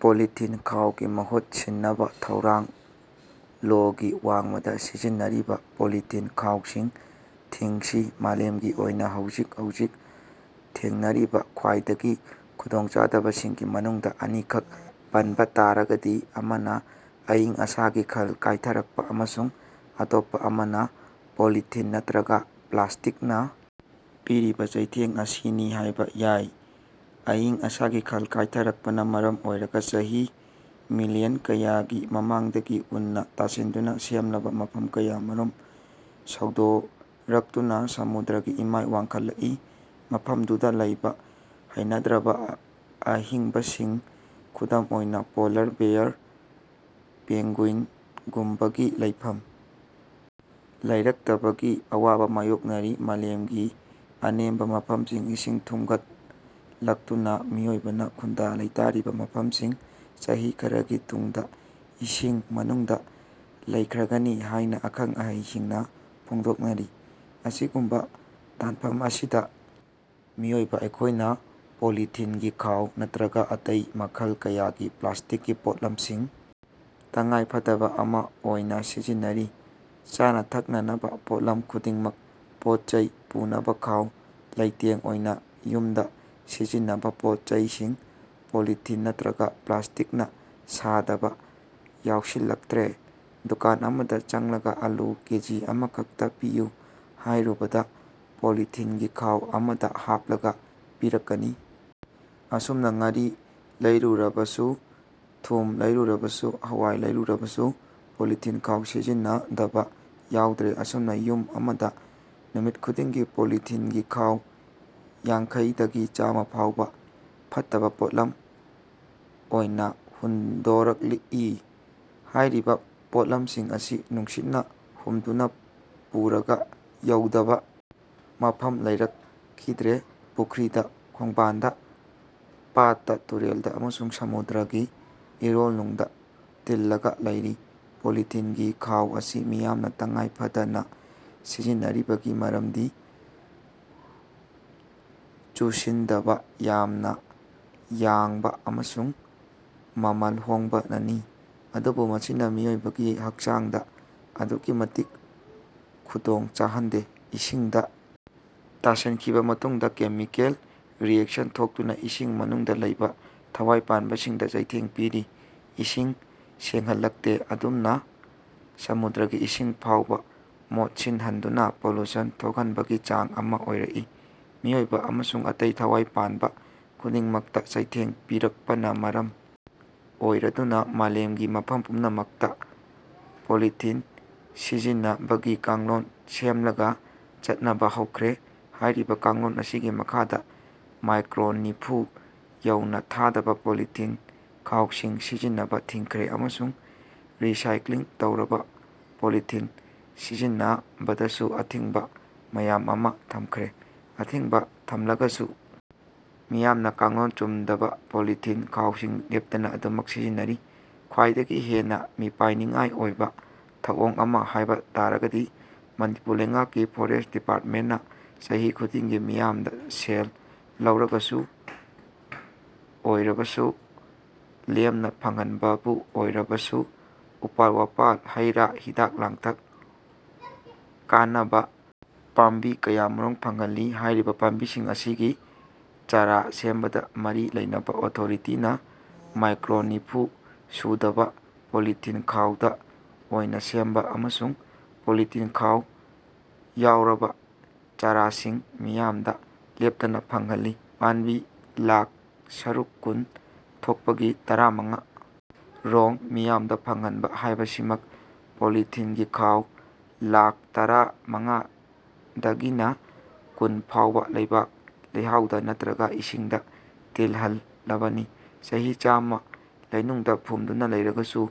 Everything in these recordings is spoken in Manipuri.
ꯄꯣꯂꯤꯊꯤꯟ ꯈꯥꯎꯒꯤ ꯃꯍꯨꯠ ꯁꯤꯟꯅꯕ ꯊꯧꯔꯥꯡ ꯂꯣꯒꯤ ꯋꯥꯡꯃꯗ ꯁꯤꯖꯤꯟꯅꯔꯤꯕ ꯄꯣꯂꯤꯊꯤꯟ ꯈꯥꯎꯁꯤꯡ ꯊꯤꯡꯁꯤ ꯃꯥꯂꯦꯝꯒꯤ ꯑꯣꯏꯅ ꯍꯧꯖꯤꯛ ꯍꯧꯖꯤꯛ ꯊꯦꯡꯅꯔꯤꯕ ꯈ꯭ꯋꯥꯏꯗꯒꯤ ꯈꯨꯗꯣꯡꯆꯥꯗꯕꯁꯤꯡꯒꯤ ꯃꯅꯨꯡꯗ ꯑꯅꯤꯈꯛ ꯄꯟꯕ ꯇꯥꯔꯒꯗꯤ ꯑꯃꯅ ꯑꯏꯪ- ꯑꯁꯥꯒꯤ ꯈꯜ ꯀꯥꯏꯊꯔꯛꯄ ꯑꯃꯁꯨꯡ ꯑꯇꯣꯞꯄ ꯑꯃꯅ ꯄꯣꯂꯤꯊꯤꯟ ꯅꯠꯇꯔꯒ ꯄ꯭ꯂꯥꯁꯇꯤꯛꯅ ꯄꯤꯔꯤꯕ ꯆꯩꯊꯦꯡ ꯑꯁꯤꯅꯤ ꯍꯥꯏꯕ ꯌꯥꯏ꯫ ꯑꯏꯪ-ꯑꯁꯥꯒꯤ ꯈꯜ ꯀꯥꯏꯊꯔꯛꯄꯅ ꯃꯔꯝ ꯑꯣꯏꯔꯒ ꯆꯍꯤ ꯃꯤꯜꯂꯤꯌꯟ ꯀꯌꯥꯒꯤ ꯃꯃꯥꯡꯗꯒꯤ ꯎꯟꯅ ꯇꯥꯁꯤꯟꯗꯨꯅ ꯁꯦꯝꯂꯕ ꯃꯐꯝ ꯀꯌꯥꯃꯔꯨꯝ ꯁꯧꯗꯣꯔꯛꯇꯨꯅ ꯁꯃꯨꯗ꯭ꯔꯒꯤ ꯏꯃꯥꯏ ꯋꯥꯡꯈꯠꯂꯛꯂꯤ꯫ ꯃꯐꯝꯗꯨꯗ ꯂꯩꯕ ꯍꯩꯅꯗ꯭ꯔꯕ ꯑꯍꯤꯡꯕꯁꯤꯡ ꯈꯨꯗꯝ ꯑꯣꯏꯅ ꯄꯣꯜꯂꯔ ꯕꯤꯌꯥꯔ, ꯄꯦꯡꯒ꯭ꯌꯨꯏꯟꯒꯨꯝꯕꯒꯤ ꯂꯩꯐꯝ ꯂꯩꯔꯛꯇꯕꯒꯤ ꯑꯋꯥꯕ ꯃꯥꯌꯣꯛꯅꯔꯤ꯫ ꯃꯥꯂꯦꯝꯒꯤ ꯑꯅꯦꯝꯕ ꯃꯐꯝꯁꯤꯡ ꯏꯁꯤꯡ ꯊꯨꯝꯒꯠꯂꯛꯇꯨꯅ ꯃꯤꯑꯣꯏꯕꯅ ꯈꯨꯟꯗꯥ-ꯂꯩꯇꯥꯔꯤꯕ ꯃꯐꯝꯁꯤꯡ ꯆꯍꯤ ꯈꯔꯒꯤ ꯇꯨꯡꯗ ꯏꯁꯤꯡ ꯃꯅꯨꯡꯗ ꯂꯩꯈ꯭ꯔꯒꯅꯤ ꯍꯥꯏꯅ ꯑꯈꯪ-ꯑꯍꯩꯁꯤꯡꯅ ꯐꯣꯡꯗꯣꯛꯅꯔꯤ꯫ ꯑꯁꯤꯒꯨꯝꯕ ꯇꯥꯟꯐꯝ ꯑꯁꯤꯗ ꯃꯤꯑꯣꯏꯕ ꯑꯩꯈꯣꯏꯅ ꯄꯣꯂꯤꯊꯤꯟꯒꯤ ꯈꯥꯎ ꯅꯠꯇ꯭ꯔꯒ ꯑꯇꯩ ꯃꯈꯜ ꯀꯌꯥꯒꯤ ꯄ꯭ꯂꯥꯁꯇꯤꯛꯀꯤ ꯄꯣꯠꯂꯝꯁꯤꯡ ꯇꯉꯥꯏꯐꯗꯕ ꯑꯃ ꯑꯣꯏꯅ ꯁꯤꯖꯤꯟꯅꯔꯤ꯫ ꯆꯥꯅ-ꯊꯛꯅꯅꯕ ꯄꯣꯠꯂꯝ ꯈꯨꯗꯤꯡꯃꯛ, ꯄꯣꯠ-ꯆꯩ ꯄꯨꯅꯕ ꯈꯥꯎ, ꯂꯩꯇꯦꯡ ꯑꯣꯏꯅ ꯌꯨꯝꯗ ꯁꯤꯖꯤꯟꯅꯕ ꯄꯣꯠ-ꯆꯩꯁꯤꯡ ꯄꯣꯂꯤꯊꯤꯟ ꯅꯠꯇ꯭ꯔꯒ ꯄ꯭ꯂꯥꯁꯇꯤꯛꯅ ꯁꯥꯗꯕ ꯌꯥꯎꯁꯤꯜꯂꯛꯇ꯭ꯔꯦ꯫ ꯗꯨꯀꯥꯟ ꯑꯃꯗ ꯆꯪꯂꯒ ꯑꯥꯂꯨ ꯀꯦꯖꯤ ꯑꯃꯈꯛꯇ ꯄꯤꯌꯨ ꯍꯥꯏꯔꯨꯕꯗ ꯄꯣꯂꯤꯊꯤꯟꯒꯤ ꯈꯥꯎ ꯑꯃꯗ ꯍꯥꯞꯂꯒ ꯄꯤꯔꯛꯀꯅꯤ꯫ ꯑꯁꯨꯝꯅ ꯉꯥꯔꯤ ꯂꯩꯔꯨꯔꯕꯁꯨ, ꯊꯨꯝ ꯂꯩꯔꯨꯔꯕꯁꯨ, ꯍꯋꯥꯏ ꯂꯩꯔꯨꯔꯕꯁꯨ ꯄꯣꯂꯤꯊꯤꯟ ꯈꯥꯎ ꯁꯤꯖꯤꯟꯅꯗꯕ ꯌꯥꯎꯗ꯭ꯔꯦ꯫ ꯑꯁꯨꯝꯅ ꯌꯨꯝ ꯑꯃꯗ ꯅꯨꯃꯤꯠ ꯈꯨꯗꯤꯡꯒꯤ ꯄꯣꯂꯤꯊꯤꯟꯒꯤ ꯈꯥꯎ ꯌꯥꯡꯈꯩ ꯗꯒꯤ ꯆꯥꯝꯃꯥ ꯐꯥꯎꯕ ꯐꯠꯇꯕ ꯄꯣꯠꯂꯝ ꯑꯣꯏꯅ ꯍꯨꯟꯗꯣꯔꯛꯏ꯫ ꯍꯥꯏꯔꯤꯕ ꯄꯣꯠꯂꯝꯁꯤꯡ ꯑꯁꯤ ꯅꯨꯡꯁꯤꯠꯅ ꯍꯨꯝꯗꯨꯅ ꯄꯨꯔꯒ ꯌꯧꯗꯕ ꯃꯐꯝ ꯂꯩꯔꯛꯈꯤꯗ꯭ꯔꯦ꯫ ꯄꯨꯈ꯭ꯔꯤꯗ, ꯈꯣꯡꯕꯥꯟꯗ, ꯄꯥꯠꯇ, ꯇꯨꯔꯦꯜꯗ ꯑꯃꯁꯨꯡ ꯁꯃꯨꯗ꯭ꯔꯒꯤ ꯏꯔꯣꯜꯅꯨꯡꯗ ꯇꯤꯜꯂꯒ ꯂꯩꯔꯤ꯫ ꯄꯣꯂꯤꯊꯤꯟꯒꯤ ꯈꯥꯎ ꯑꯁꯤ ꯃꯤꯌꯥꯝꯅ ꯇꯉꯥꯏꯐꯗꯅ ꯁꯤꯖꯤꯟꯅꯔꯤꯕꯒꯤ ꯃꯔꯝꯗꯤ ꯆꯨꯁꯤꯟꯗꯕ, ꯌꯥꯝꯅ ꯌꯥꯡꯕ ꯑꯃꯁꯨꯡ ꯃꯃꯜ ꯍꯣꯡꯕꯅꯅꯤ꯫ ꯑꯗꯨꯕꯨ ꯃꯁꯤꯅ ꯃꯤꯑꯣꯏꯕꯒꯤ ꯍꯛꯆꯥꯡꯗ ꯑꯗꯨꯛꯀꯤ ꯃꯇꯤꯛ ꯈꯨꯗꯣꯡ ꯆꯥꯍꯟꯗꯦ꯫ ꯏꯁꯤꯡꯗ ꯇꯥꯁꯤꯟꯈꯤꯕ ꯃꯇꯨꯡꯗ ꯀꯦꯃꯤꯀꯦꯜ ꯔꯤꯌꯦꯛꯁꯟ ꯊꯣꯛꯇꯨꯅ ꯏꯁꯤꯡ ꯃꯅꯨꯡꯗ ꯂꯩꯕ ꯊꯋꯥꯏ ꯄꯥꯟꯕꯁꯤꯡꯗ ꯆꯩꯊꯦꯡ ꯄꯤ꯫ ꯏꯁꯤꯡ ꯁꯦꯡꯍꯜꯂꯛꯇꯦ꯫ ꯑꯗꯨꯝꯅ ꯁꯃꯨꯗ꯭ꯔꯒꯤ ꯏꯁꯤꯡ ꯐꯥꯎꯕ ꯃꯣꯠꯁꯤꯟꯍꯟꯗꯨꯅ ꯄꯣꯂꯨꯁꯟ ꯊꯣꯛꯍꯟꯕꯒꯤ ꯃꯆꯥꯛ ꯑꯃ ꯑꯣꯏꯔꯛꯏ꯫ ꯃꯤꯑꯣꯏꯕ ꯑꯃꯁꯨꯡ ꯑꯇꯩ ꯊꯋꯥꯏ ꯄꯥꯟꯕ ꯈꯨꯗꯤꯡꯃꯛꯇ ꯆꯩꯊꯦꯡ ꯄꯤꯔꯛꯄꯅ ꯃꯔꯝ ꯑꯣꯏꯔꯗꯨꯅ ꯃꯥꯂꯦꯝꯒꯤ ꯃꯐꯝ ꯄꯨꯝꯅꯃꯛꯇ ꯄꯣꯂꯤꯊꯤꯟ ꯁꯤꯖꯤꯟꯅꯕꯒꯤ ꯀꯥꯡꯂꯣꯟ ꯁꯦꯝꯂꯒ ꯆꯠꯅꯕ ꯍꯧꯈ꯭ꯔꯦ꯫ ꯍꯥꯏꯔꯤꯕ ꯀꯥꯡꯂꯣꯟ ꯑꯁꯤꯒꯤ ꯃꯈꯥꯗ ꯃꯥꯏꯀ꯭ꯔꯣꯟ ꯅꯤꯐꯨ ꯌꯧꯅ ꯊꯥꯗꯕ ꯄꯣꯂꯤꯊꯤꯟ ꯈꯥꯎꯁꯤꯡ ꯁꯤꯖꯤꯟꯅꯕ ꯊꯤꯡꯈ꯭ꯔꯦ ꯑꯃꯁꯨꯡ ꯔꯤ-ꯁꯥꯏꯀ꯭ꯂꯤꯡ ꯇꯧꯔꯕ ꯄꯣꯂꯤꯊꯤꯟ ꯁꯤꯖꯤꯟꯅꯕꯗꯁꯨ ꯑꯊꯤꯡꯕ ꯃꯌꯥꯝ ꯑꯃ ꯊꯝꯈ꯭ꯔꯦ꯫ ꯑꯊꯤꯡꯕ ꯊꯝꯂꯒꯁꯨ ꯃꯤꯌꯥꯝꯅ ꯀꯥꯡꯂꯣꯟ ꯆꯨꯝꯗꯕ ꯄꯣꯂꯤꯊꯤꯟ ꯈꯥꯎꯁꯤꯡ ꯂꯦꯞꯇꯅ ꯑꯗꯨꯝꯃꯛ ꯁꯤꯖꯤꯟꯅꯔꯤ꯫ ꯈ꯭ꯋꯥꯏꯗꯒꯤ ꯍꯦꯟꯅ ꯃꯤꯄꯥꯏꯅꯤꯡꯉꯥꯏ ꯑꯣꯏꯕ ꯊꯧꯑꯣꯡ ꯑꯃ ꯍꯥꯏꯕ ꯇꯥꯔꯒꯗꯤ ꯃꯅꯤꯄꯨꯔ ꯂꯩꯉꯥꯛꯀꯤ ꯐꯣꯔꯦꯁꯠ ꯗꯤꯄꯥꯔꯠꯃꯦꯟꯠꯅ ꯆꯍꯤ ꯈꯨꯗꯤꯡꯒꯤ ꯃꯤꯌꯥꯝꯗ ꯁꯦꯜ ꯂꯧꯔꯒꯕꯨ ꯑꯣꯏꯔꯕꯁꯨ, ꯂꯦꯝꯅ ꯐꯪꯍꯟꯕꯕꯨ ꯑꯣꯏꯔꯕꯁꯨ ꯎꯄꯥꯜ-ꯋꯥꯄꯥꯜ, ꯍꯩ-ꯔꯥ, ꯍꯤꯗꯥꯛ-ꯂꯥꯡꯊꯛ ꯀꯥꯟꯅꯕ ꯄꯥꯝꯕꯤ ꯀꯌꯥꯃꯔꯨꯝ ꯐꯪꯍꯜꯂꯤ꯫ ꯍꯥꯏꯔꯤꯕ ꯄꯥꯝꯕꯤꯁꯤꯡ ꯑꯁꯤꯒꯤ ꯆꯥꯔꯥ ꯁꯦꯝꯕꯗ ꯃꯔꯤ ꯂꯩꯅꯕ ꯑꯣꯊꯣꯔꯤꯇꯤꯅ ꯃꯥꯏꯀ꯭ꯔꯣꯟ ꯅꯤꯐꯨ ꯁꯨꯗꯕ ꯄꯣꯂꯤꯊꯤꯟ ꯈꯥꯎꯗ ꯑꯣꯏꯅ ꯁꯦꯝꯕ ꯑꯃꯁꯨꯡ ꯄꯣꯂꯤꯊꯤꯟ ꯈꯥꯎ ꯌꯥꯎꯔꯕ ꯆꯥꯔꯥꯁꯤꯡ ꯃꯤꯌꯥꯝꯗ ꯂꯦꯞꯇꯅ ꯐꯪꯍꯜꯂꯤ꯫ ꯄꯥꯝꯕꯤ ꯂꯥꯈ ꯁꯔꯨꯛ ꯀꯨꯟ ꯊꯣꯛꯄꯒꯤ ꯇꯔꯥ ꯃꯉꯥ ꯔꯣꯝ ꯃꯤꯌꯥꯝꯗ ꯐꯪꯍꯟꯕ ꯍꯥꯏꯕꯁꯤꯃꯛ ꯄꯣꯂꯤꯊꯤꯟꯒꯤ ꯈꯥꯎ ꯂꯥꯈ ꯇꯔꯥ ꯃꯉꯥꯗꯒꯤꯅ ꯀꯨꯟ ꯐꯥꯎꯕ ꯂꯩꯕꯥꯛ-ꯂꯩꯍꯥꯎꯗ ꯅꯠꯇ꯭ꯔꯒ ꯏꯁꯤꯡꯗ ꯇꯤꯟꯍꯜꯂꯕꯅꯤ꯫ ꯆꯍꯤ ꯆꯥꯝꯃ ꯂꯩꯅꯨꯡꯗ ꯐꯨꯝꯗꯨꯅ ꯂꯩꯔꯒꯁꯨ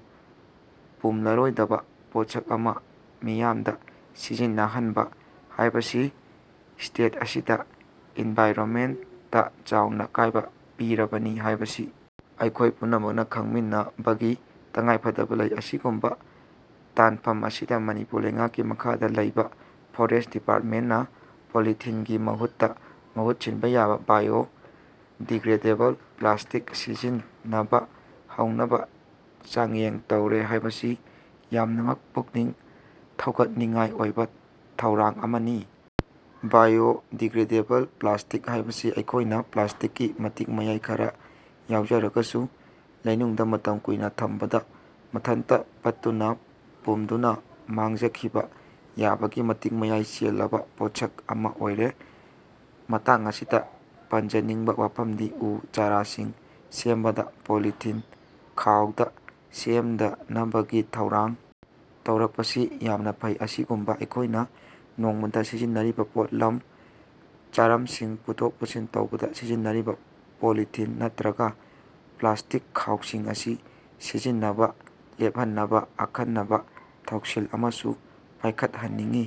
ꯄꯨꯝꯂꯔꯣꯏꯗꯕ ꯄꯣꯠꯁꯛ ꯑꯃ ꯃꯤꯌꯥꯝꯗ ꯁꯤꯖꯤꯟꯅꯍꯟꯕ ꯍꯥꯏꯕꯁꯤ ꯁ꯭ꯇꯦꯠ ꯑꯁꯤꯗ ꯏꯟꯚꯥꯏꯔꯣꯟꯃꯦꯟꯠꯇ ꯆꯥꯎꯅ ꯑꯀꯥꯏꯕ ꯄꯤꯔꯕꯅꯤ ꯍꯥꯏꯕꯁꯤ ꯑꯩꯈꯣꯏ ꯄꯨꯝꯅꯃꯛꯅ ꯈꯪꯃꯤꯟꯅꯕꯒꯤ ꯇꯉꯥꯏꯐꯗꯕ ꯂꯩ꯫ ꯑꯁꯤꯒꯨꯝꯕ ꯇꯥꯟꯐꯝ ꯑꯁꯤꯗ ꯃꯅꯤꯄꯨꯔ ꯂꯩꯉꯥꯛꯀꯤ ꯃꯈꯥꯗ ꯂꯩꯕ ꯐꯣꯔꯦꯁꯠ ꯗꯤꯄꯥꯔꯠꯃꯦꯟꯠꯅ ꯄꯣꯂꯤꯊꯤꯟꯒꯤ ꯃꯍꯨꯠꯇ ꯃꯍꯨꯠ ꯁꯤꯟꯕ ꯌꯥꯕ ꯕꯥꯏꯑꯣ ꯗꯤꯒ꯭ꯔꯦꯗꯦꯕꯜ ꯄ꯭ꯂꯥꯁꯇꯤꯛ ꯁꯤꯖꯤꯟꯅꯕ ꯍꯧꯅꯕ ꯆꯥꯡꯌꯦꯡ ꯇꯧꯔꯦ ꯍꯥꯏꯕꯁꯤ ꯌꯥꯝꯅꯃꯛ ꯄꯨꯛꯅꯤꯡ ꯊꯧꯒꯠꯅꯤꯡꯉꯥꯏ ꯑꯣꯏꯕ ꯊꯧꯔꯥꯡ ꯑꯃꯅꯤ꯫ ꯕꯥꯏꯑꯣ ꯗꯤꯒ꯭ꯔꯦꯗꯦꯕꯜ ꯄ꯭ꯂꯥꯁꯇꯤꯛ ꯍꯥꯏꯕꯁꯤ ꯑꯩꯈꯣꯏꯅ ꯄ꯭ꯂꯥꯁꯇꯤꯛꯀꯤ ꯃꯇꯤꯛ-ꯃꯌꯥꯏ ꯈꯔ ꯌꯥꯎꯖꯔꯒꯁꯨ ꯂꯩꯅꯨꯡꯗ ꯃꯇꯝ ꯀꯨꯏꯅ ꯊꯝꯕꯗ ꯃꯊꯟꯇ ꯄꯠꯇꯨꯅ-ꯄꯨꯝꯗꯨꯅ ꯃꯥꯡꯖꯈꯤꯕ ꯌꯥꯕꯒꯤ ꯃꯇꯤꯛ-ꯃꯌꯥꯏ ꯆꯦꯜꯂꯕ ꯄꯣꯠꯁꯛ ꯑꯃ ꯑꯣꯏꯔꯦ꯫ ꯃꯇꯥꯡ ꯑꯁꯤꯗ ꯄꯟꯖꯅꯤꯡꯕ ꯋꯥꯐꯝꯗꯤ ꯎ ꯆꯥꯔꯥꯁꯤꯡ ꯁꯦꯝꯕꯗ ꯄꯣꯂꯤꯊꯤꯟ ꯈꯥꯎꯗ ꯁꯦꯝꯗꯅꯕꯒꯤ ꯊꯧꯔꯥꯡ ꯇꯧꯔꯛꯄꯁꯤ ꯌꯥꯝꯅ ꯐꯩ꯫ ꯑꯁꯤꯒꯨꯝꯅ ꯑꯩꯈꯣꯏꯅ ꯅꯣꯡꯃꯗ ꯁꯤꯖꯤꯟꯅꯔꯤꯕ ꯄꯣꯠꯂꯝ ꯆꯥꯔꯝꯁꯤꯡ ꯄꯨꯊꯣꯛ-ꯄꯨꯁꯤꯟ ꯇꯧꯕꯗ ꯁꯤꯖꯤꯟꯅꯔꯤꯕ ꯄꯣꯂꯤꯊꯤꯟ ꯅꯠꯇꯔꯒ ꯄ꯭ꯂꯥꯁꯇꯤꯛ ꯈꯥꯎꯁꯤꯡ ꯑꯁꯤ ꯁꯤꯖꯤꯟꯅꯕ ꯂꯦꯞꯍꯟꯅꯕ ꯑꯈꯟꯅꯕ ꯊꯧꯁꯤꯜ ꯑꯃꯁꯨ ꯄꯥꯏꯈꯠꯍꯟꯅꯤꯡꯏ꯫